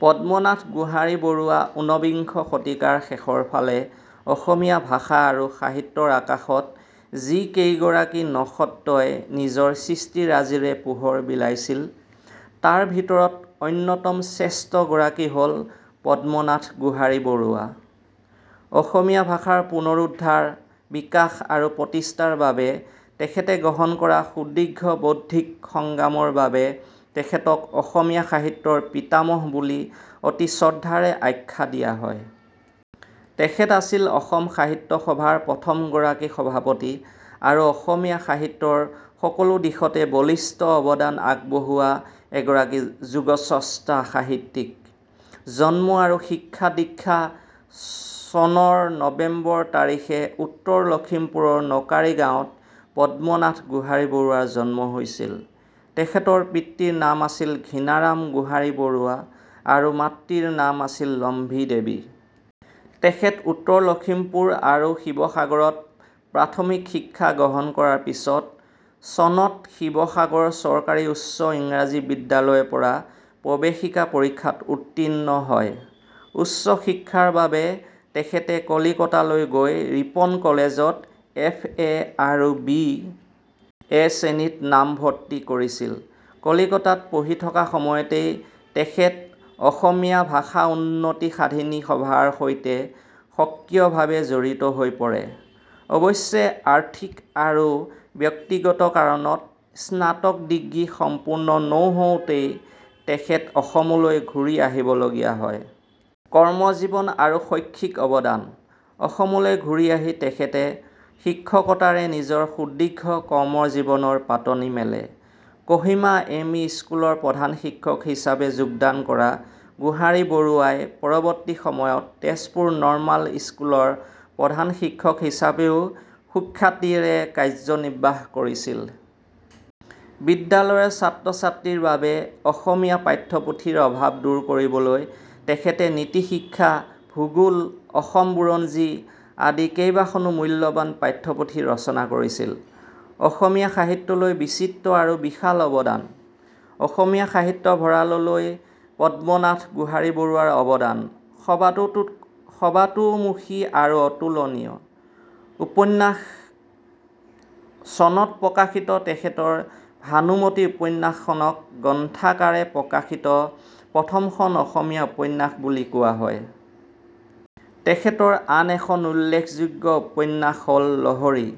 পদ্মনাথ গোহাঞিবৰুৱা উনবিংশ শতিকাৰ শেষৰফালে অসমীয়া ভাষা আৰু সাহিত্যৰ আকাশত যি কেইগৰাকী নক্ষত্ৰই নিজৰ সৃষ্টিৰাজিৰে পোহৰ বিলাইছিল, তাৰ ভিতৰত অন্যতম শ্ৰেষ্ঠ গৰাকী হ'ল পদ্মনাথ গোহাঞিবৰুৱা। অসমীয়া ভাষাৰ পুনৰুদ্ধাৰ, বিকাশ আৰু প্ৰতিষ্ঠাৰ বাবে তেখেতে গ্ৰহণ কৰা সুদীৰ্ঘ বৌদ্ধিক সংগ্ৰামৰ বাবে তেখেতক 'অসমীয়া সাহিত্যৰ পিতামহ' বুলি অতি শ্ৰদ্ধাৰে আখ্যা দিয়া হয়। তেখেত আছিল অসম সাহিত্য সভাৰ প্ৰথমগৰাকী সভাপতি আৰু অসমীয়া সাহিত্যৰ সকলো দিশতে বলিষ্ঠ অৱদান আগবঢ়োৱা এগৰাকী যুগস্ৰষ্টা সাহিত্যিক। জন্ম আৰু শিক্ষা-দীক্ষা: চনৰ নৱেম্বৰ তাৰিখে উত্তৰ লখিমপুৰৰ নকাৰী গাঁৱত পদ্মনাথ গোহাঞিবৰুৱাৰ জন্ম হৈছিল। তেখেতৰ পিতৃৰ নাম আছিল ঘীণাৰাম গোহাঞিবৰুৱা আৰু মাতৃৰ নাম আছিল লম্ভী দেৱী। তেখেতে উত্তৰ লখিমপুৰ আৰু শিৱসাগৰত প্ৰাথমিক শিক্ষা গ্ৰহণ কৰাৰ পিছত চনত শিৱসাগৰ চৰকাৰী উচ্চ ইংৰাজী বিদ্যালয়ৰ পৰা প্ৰৱেশিকা পৰীক্ষাত উত্তীৰ্ণ হয়। উচ্চ শিক্ষাৰ বাবে তেখেতে কলিকতালৈ গৈ ৰিপন কলেজত এফ. এ. আৰু বি. এ. শ্ৰেণীত নামভৰ্তি কৰিছিল। কলিকতাত পঢ়ি থকা সময়তেই তেখেত 'অসমীয়া ভাষা উন্নতি সাধিনী সভা'ৰ সৈতে সক্ৰিয়ভাৱে জড়িত হৈ পৰে। অৱশ্যে আৰ্থিক আৰু ব্যক্তিগত কাৰণত স্নাতক ডিগ্ৰী সম্পূৰ্ণ নৌহওঁতেই তেখেত অসমলৈ ঘূৰি আহিবলগীয়া হয়। কৰ্মজীৱন আৰু শৈক্ষিক অৱদান: অসমলৈ ঘূৰি আহি তেখেতে শিক্ষকতাৰে নিজৰ সুদীৰ্ঘ কৰ্মজীৱনৰ পাতনি মেলে। কহিমা এম. ই. স্কুলৰ প্ৰধান শিক্ষক হিচাপে যোগদান কৰা গোহাঞিবৰুৱাই পৰৱৰ্তী সময়ত তেজপুৰ নৰ্মাল স্কুলৰ প্ৰধান শিক্ষক হিচাপেও সুখ্যাতিৰে কাৰ্যনিৰ্বাহ কৰিছিল। বিদ্যালয়ৰ ছাত্ৰ-ছাত্ৰীৰ বাবে অসমীয়া পাঠ্যপুথিৰ অভাৱ দূৰ কৰিবলৈ তেখেতে 'নীতি-শিক্ষা', 'ভূগোল', 'অসম বুৰঞ্জী' আদি কেইবাখনো মূল্যৱান পাঠ্যপুথি ৰচনা কৰিছিল। অসমীয়া সাহিত্যলৈ বিচিত্ৰ আৰু বিশাল অৱদান: অসমীয়া সাহিত্য ভঁৰাললৈ পদ্মনাথ গোহাঞিবৰুৱাৰ অৱদান সৰ্বতোমুখী আৰু অতুলনীয়: উপন্যাস: চনত প্ৰকাশিত তেখেতৰ 'ভানুমতী' উপন্যাসখনক গ্ৰন্থাকাৰে প্ৰকাশিত প্ৰথমখন অসমীয়া উপন্যাস বুলি কোৱা হয়। তেখেতৰ আন এখন উল্লেখযোগ্য উপন্যাস হ'ল 'লহৰী'।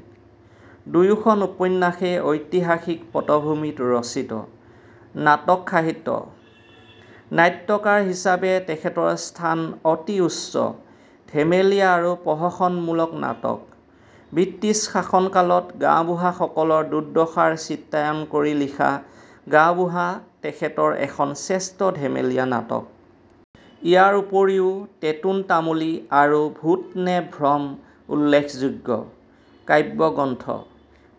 দুয়োখন উপন্যাসেই ঐতিহাসিক পটভূমিত ৰচিত। নাটক সাহিত্য: নাট্যকাৰ হিচাপে তেখেতৰ স্থান অতি উচ্চ। ধেমেলীয়া বা প্ৰহসনমূলক নাটক: ব্ৰিটিছ শাসনকালত গাঁওবুঢ়াসকলৰ দুৰ্দশাৰ চিত্ৰায়ণ কৰি লিখা 'গাঁওবুঢ়া' তেখেতৰ এখন শ্ৰেষ্ঠ ধেমেলীয়া নাটক। ইয়াৰ উপৰিও 'টেটোন তামুলী' আৰু 'ভূত নে ভ্ৰম' উল্লেখযোগ্য। কাব্য গ্ৰন্থ: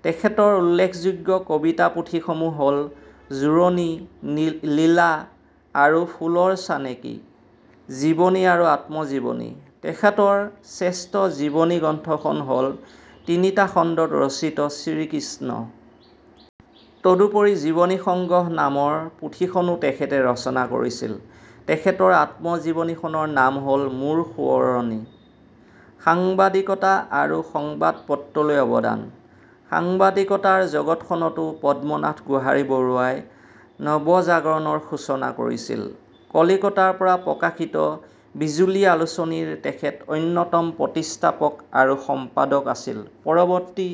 তেখেতৰ উল্লেখযোগ্য কবিতা পুথিসমূহ হ'ল— 'জুৰণি', 'লীলা' আৰু 'ফুলৰ চানেকি'। জীৱনী আৰু আত্মজীৱনী: তেখেতৰ শ্ৰেষ্ঠ জীৱনী গ্ৰন্থখন হ'ল তিনিটা খণ্ডত ৰচিত 'শ্ৰীকৃষ্ণ'। তদুপৰি 'জীৱনী সংগ্ৰহ' নামৰ পুথিখনো তেখেতে ৰচনা কৰিছিল। তেখেতৰ আত্মজীৱনীখনৰ নাম হ'ল 'মোৰ সোঁৱৰণী'। সাংবাদিকতা আৰু সংবাদ পত্ৰলৈ অৱদান: সাংবাদিকতাৰ জগতখনতো পদ্মনাথ গোহাঞিবৰুৱাই নৱজাগৰণৰ সূচনা কৰিছিল: কলিকতাৰ পৰা প্ৰকাশিত 'বিজুলী' আলোচনীৰ তেখেত অন্যতম প্ৰতিষ্ঠাপক আৰু সম্পাদক আছিল। পৰৱৰ্তী